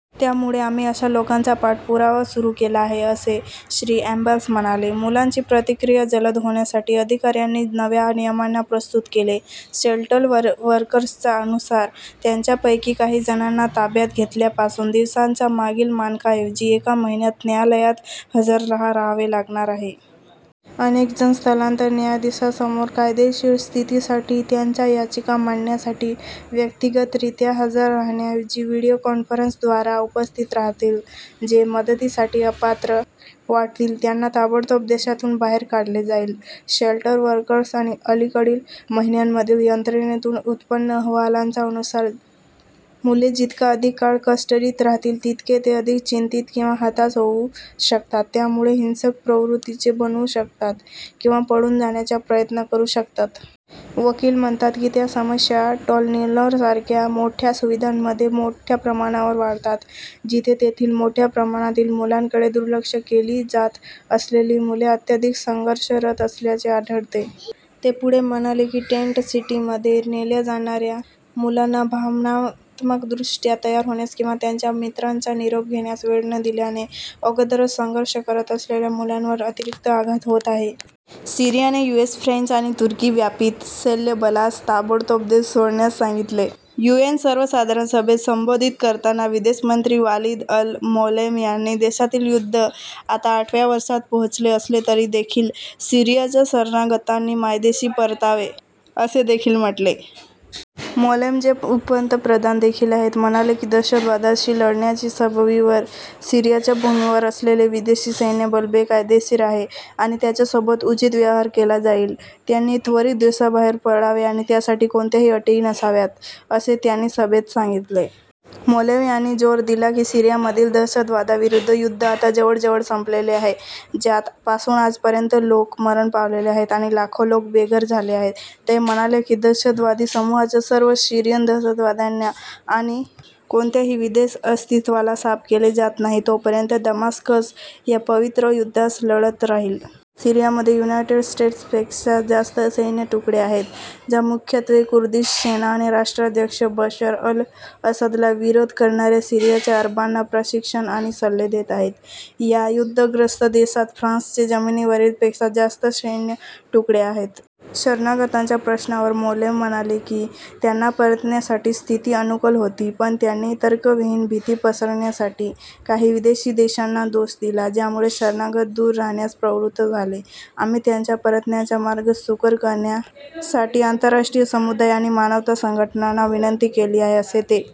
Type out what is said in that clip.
त्यामुळे आम्ही अशा लोकांचा पाठपुरावा सुरु केला आहे," असे श्री. अल्बेंस म्हणाले. मुलांची प्रक्रिया जलद होण्यासाठी, अधिकाऱ्यांनी नव्या नियमांना प्रस्तुत केले, शेल्टर वर्कर्सच्या अनुसार, त्यांच्यापैकी काही जणांना ताब्यात घेतल्यापासून, दिवसांच्या मागील मानकाऐवजी, एका महिन्यात न्यायालयात हजर राहावे लागणार आहे. अनेक जण स्थलांतरण न्यायाधीशासमोर कायदेशीर स्थितीसाठी त्यांच्या याचिका मांडण्यासाठी व्यक्तिगतरीत्या हजर राहण्याऐवजी व्हिडिओ कॉन्फरन्सद्वारा उपस्थित राहतील. जे मदतीसाठी अपात्र वाटतील त्यांना ताबडतोब देशातून बाहेर काढले जाईल. शेल्टर वर्कर्स आणि अलीकडील महिन्यांमधील यंत्रणेतून उत्पन्न अहवालांच्या अनुसार, मुले जितका अधिक काळ कस्टडीत राहतील, तितके ते अधिक चिंतीत किंवा हताश होऊ शकतात, ज्यामुळे हिंसक प्रवृत्तीचे बनू शकतात किंवा पळून जाण्याचा प्रयत्न करू शकतात. वकील म्हणतात की त्या समस्या टोरनिल्लोसारख्या मोठ्या सुविधांमध्ये मोठ्या प्रमाणावर वाढतात, जिथे तेथील मोठ्या प्रमाणातील मुलांमुळे, दुर्लक्ष केली जात असलेली मुले अत्याधिक संघर्षरत असल्याचे आढळते. ते पुढे म्हणाले की टेंट सिटीमध्ये नेल्या जाणाऱ्या मुलांना भावनात्मकदृष्ट्या तयार होण्यास किंवा त्यांच्या मित्रांचा निरोप घेण्यास वेळ न दिल्याने, अगोदरच संघर्ष करत असलेल्या मुलांवर अतिरिक्त आघात होत आहे. सीरियाने यूएस, फ्रेंच आणि तुर्की 'व्यापित सैन्यबलास" ताबडतोब देश सोडण्यास सांगितले. यूएन सर्वसाधारण सभेत संबोधित करताना, विदेश मंत्री वालीद अल-मौलेम यांनी, देशातील युद्ध आता आठव्या वर्षात पोहोचले असले तरी देखील, सीरियाच्या शरणागतांनी मायदेशी परतावे असे देखील म्हटले. मौलेम, जे उपपंतप्रधान देखील आहेत, म्हणाले, की दहशतवादाशी लढण्याच्या सबबीवर सीरियाच्या भूमीवर असलेले विदेशी सैन्यबल बेकायदेशीर आहे, आणि "त्याच्यासोबत उचित व्यवहार केला जाईल. " "त्यांनी त्वरित देशाबाहेर पडावे आणि त्यासाठी कोणत्याही अटी नसाव्यात," असे त्यांनी सभेत सांगितले. मौलेम यांनी जोर दिला की, सीरियामधील "दहशतवादाविरुद्ध युद्ध आता जवळजवळ संपलेले आहे", ज्यात पासून आजपर्यंत लोक मरण पावलेले आहेत, आणि लाखो लोक बेघर झाले आहेत. ते म्हणाले की "दहशतवादी समूहाच्या सर्व सीरियन दहशतवाद्यांना आणि "कोणत्याही विदेश अस्तित्वाला साफ केले जात नाही, तोपर्यंत दमास्कस या पवित्र युद्धास लढत राहील". सीरियामध्ये युनायटेड स्टेट्सचे पेक्षा जास्त सैन्यतुकड्या आहेत, ज्या मुख्यत्वे कुर्दिश सेना आणि राष्ट्राध्यक्ष बशर अल-असदला विरोध करणाऱ्या सीरियाच्या अरबांना प्रशिक्षण आणि सल्ले देत आहेत. या युद्ध-ग्रस्त देशात फ्रान्सचे जमिनीवरील पेक्षा जास्त सैन्यतुकड्या आहेत. शरणागतांच्या प्रश्नावर मौलेम म्हणाले, की त्यांना परतण्यासाठी स्थिती अनुकूल होती, पण त्यांनी "तर्कविहीन भीती पसरविण्यासाठी" "काही विदेशी देशांना" दोष दिला, ज्यामुळे शरणागत दूर राहण्यास प्रवृत्त झाले. आम्ही त्यांच्या परतण्यासाठी मार्ग सुकर करण्यासाठी आंतरराष्ट्रीय समुदाय आणि मानवता संघटनांना विनंती केली आहे," असे ते